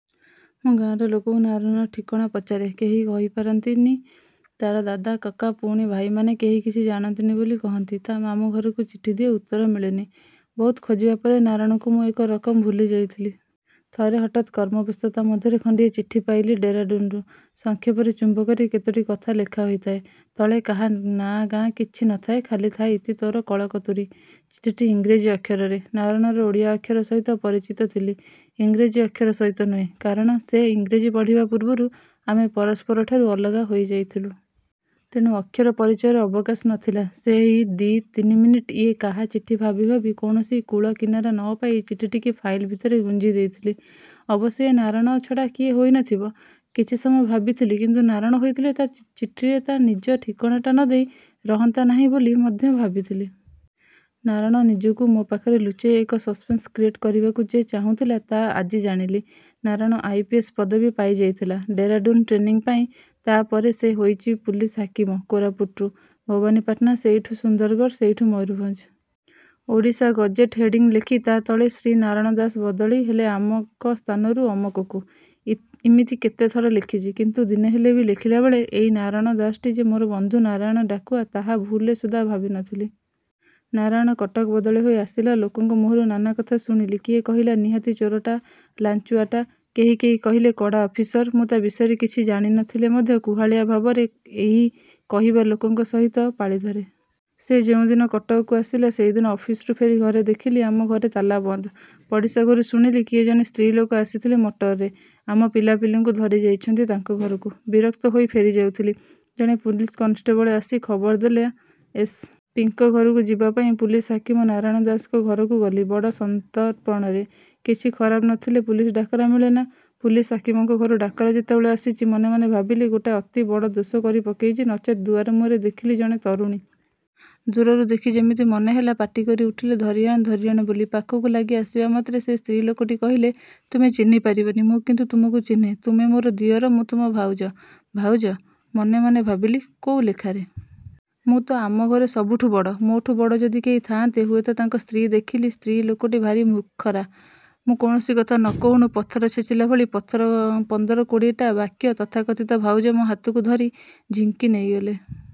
ମୁଁ ଗାଁର ଲୋକଙ୍କୁ ନାରଣର ଠିକଣା ପଚାରେ କେହି କହି ପାରନ୍ତିନି ତାର ଦାଦା କକା ପୁଣି ଭାଇମାନେ କେହି କିଛି ଜାଣନ୍ତିନି ବୋଲି କହନ୍ତି। ତା ମାମୁଁ ଘରକୁ ଚିଠି ଦିଏ ଉତ୍ତର ମିଳେନି। ବହୁତ ଖୋଜିବାପରେ ନାରଣକୁ ମୁଁ ଏକ ରକମ ଭୁଲି ଯାଇଥିଲି। ଥରେ ହଠାତ୍ କର୍ମବ୍ୟସ୍ତତା ମଧ୍ୟରେ ଖଣ୍ଡିଏ ଚିଠି ପାଇଲି ଡେରାଡୁନ୍ରୁ। ସଂକ୍ଷେପରେ ଚୁମ୍ବକରେ କେତୋଟି କଥା ଲେଖା ହୋଇଥାଏ ତଳେ କାହା ନାଁ ଗାଁ କିଛି ନ ଥାଏ ଖାଲି ଥାଏ ଇତି ତୋର କଳକତୁରୀ। ଚିଠିଟି ଇଂରେଜୀ ଅକ୍ଷରରେ। ନାରଣର ଓଡ଼ିଆ ଅକ୍ଷର ସହିତ ପରିଚିତ ଥିଲି ଇଂରେଜୀ ଅକ୍ଷର ସହିତ ନୁହେଁ କାରଣ ସେ ଇଂରେଜୀ ପଢ଼ିବା ପୂର୍ବରୁ ଆମେ ପରସ୍ପରଠାରୁ ଅଲଗା ହୋଇ ଯାଇଥିଲୁ। ତେଣୁ ଅକ୍ଷର ପରିଚୟର ଅବକାଶ ନ ଥିଲା। ସେଇ ଦି ତିନିମିନିଟ ଇଏ କାହାଚିଠି ଭାବି ଭାବି କୌଣସି କୂଳ କିନାରା ନ ପାଇ ଚିଠିଟିକି ଫାଇଲ ଭିତରେ ଗୁଞ୍ଜି ଦେଇଥିଲି। ଅବଶ୍ୟ ଇଏ ନାରଣ ଛଡ଼ା କିଏ ହୋଇନଥିବ। କିଛି ସମୟ ଭାବିଥିଲି କିନ୍ତୁ ନାରଣ ହୋଇଥିଲେ ତା ଚିଠିରେ ତା ନିଜ ଠିକଣାଟା ନଦେଇ ରହନ୍ତା ନାହିଁ ବୋଲି ମଧ୍ୟ ଭାବିଥିଲି। ନାରଣ ନିଜକୁ ମୋ ପାଖରେ ଲୁଚେଇ ଏକ ସସପେନ୍ସ କ୍ରିଏଟ୍ କରିବାକୁ ଯେ ଚାହୁଁଥିଲା ତା ଆଜି ଜାଣିଲି। ନାରଣ ଆଇ. ପି. ଏସ୍ ପଦବୀ ପାଇ ଯାଇଥିଲା ଡେରାଡୁନ୍ ଟ୍ରେନିଂ ପାଇଁ। ତା ପରେ ସେ ହୋଇଚି ପୁଲିସ ହାକିମ କୋରାପୁଟରୁ ଭବାନିପାଟଣା ସେଇଠୁ ସୁନ୍ଦରଗଡ଼ ସେଇଠୁ ମୟୁରଭଞ୍ଜ। 'ଓଡ଼ିଶା ଗେଜେଟ' ହେଡ଼ିଂ ଲେଖି ତା ତଳେ ଶ୍ରୀ ନାରଣ ଦାସ ବଦଳି ହେଲେ ଅମକ ସ୍ଥାନରୁ ଅମକକୁ ଇମିତି କେତେଥର ଲେଖିଚି କିନ୍ତୁ ଦିନେହେଲେ ବି ଲେଖିଲାବେଳେ ଏଇ ନାରାଣ ଦାସଟି ଯେ ମୋର ବନ୍ଧୁ ନାରାୟଣ ଡାକୁଆ ତାହା ଭୁଲରେ ସୁଦ୍ଧା ଭାବି ନ ଥିଲି। ନାରାଣ କଟକ ବଦଳି ହୋଇ ଆସିଲା ଲୋକଙ୍କ ମୁହଁରୁ ନାନା କଥା ଶୁଣିଲି। କିଏ କହିଲା ନିହାତି ଚୋରଟା ଲାଂଚୁଆଟା। କେହି କେହି କହିଲେ କଡ଼ା ଅଫିସର। ମୁଁ ତା ବିଷୟରେ କିଛି ଜାଣି ନ ଥିଲେ ମଧ୍ୟ କୁହାଳିଆ ଭାବରେ ଏହି କହିବାଲୋକଙ୍କ ସହିତ ପାଳିଧରେ। ସେ ଯେଉଁଦିନ କଟକକୁ ଆସିଲା ସେଇଦିନ ଅଫିସରୁ ଫେରି ଘରେ ଦେଖିଲି ଆମ ଘରେ ତାଲାବନ୍ଦ। ପଡ଼ିଶାଘରୁ ଶୁଣିଲି କିଏ ଜଣେ ସ୍ତ୍ରୀ ଲୋକ ଆସିଥିଲେ ମଟରରେ ଆମ ପିଲାପିଲିଙ୍କୁ ଧରି ଯାଇଛନ୍ତି, ତାଙ୍କ ଘରକୁ। ବିରକ୍ତ ହୋଇ ଫେରିଯାଉଥିଲି ଜଣେ ପୁଲିସ କନଷ୍ଟେବଲ୍ ଆସି ଖବର ଦେଲା ଏସ୍. ପିଙ୍କ ଘରକୁ ଯିବାପାଇଁ। ପୁଲିସ ହାକିମ ନାରାଣ ଦାସଙ୍କ ଘରକୁ ଗଲି ବଡ଼ ସନ୍ତର୍ପଣରେ। କିଛି ଖରାପ ନଥିଲେ ପୁଲିସ ଡାକରା ମିଳେନା। ପୁଲିସ ହାକିମଙ୍କ ଘରୁ ଡାକରା ଯେତେବେଳେ ଆସିଚି ମନେ ମନେ ଭାବିଲି ଗୋଟାଏ ଅତି ବଡ଼ ଦୋଷ କରି ପକେଇଚି ନଚେତ୍ ଦୁଆର ମୁହଁରେ ଦେଖିଲି ଜଣେ ତରୁଣୀ। ଦୂରରୁ ଦେଖି ଯେମିତି ମନେହେଲା ପାଟିକରି ଉଠିଲେ ଧରିଆଣ ଧରିଆଣ ବୋଲି। ପାଖକୁ ଲାଗି ଆସିବାମାତ୍ରେ ସେଇ ସ୍ତ୍ରୀ ଲୋକଟି କହିଲେ ତୁମେ ଚିହ୍ନି ପାରିବନି ମୁଁ କିନ୍ତୁ ତୁମକୁ ଚିହ୍ନେ ତୁମେ ମୋର ଦିଅର ମୁଁ ତୁମ ଭାଉଜ। ଭାଉଜ? ମନେ ମନେ ଭାବିଲି କୋଉ ଲେଖାରେ? ମୁଁ ତ ଆମ ଘରେ ସବୁଠୁ ବଡ଼। ମୋଠୁ ବଡ଼ ଯଦି କେହି ଥାଆନ୍ତେ, ହୁଏତ ତାଙ୍କ ସ୍ତ୍ରୀ ଦେଖିଲି ସ୍ତ୍ରୀ ଲୋକଟି ଭାରି ମୁଖରା। ମୁଁ କୌଣସି କଥା ନ କହୁଣୁ ପଥର ଛେଚିଲାଭଳି ପନ୍ଦର କୋଡ଼ିଏଟା ବାକ୍ୟ ତଥାକଥିତ ଭାଉଜ ମୋ ହାତକୁ ଧରି ଝିଙ୍କି ନେଇଗଲେ।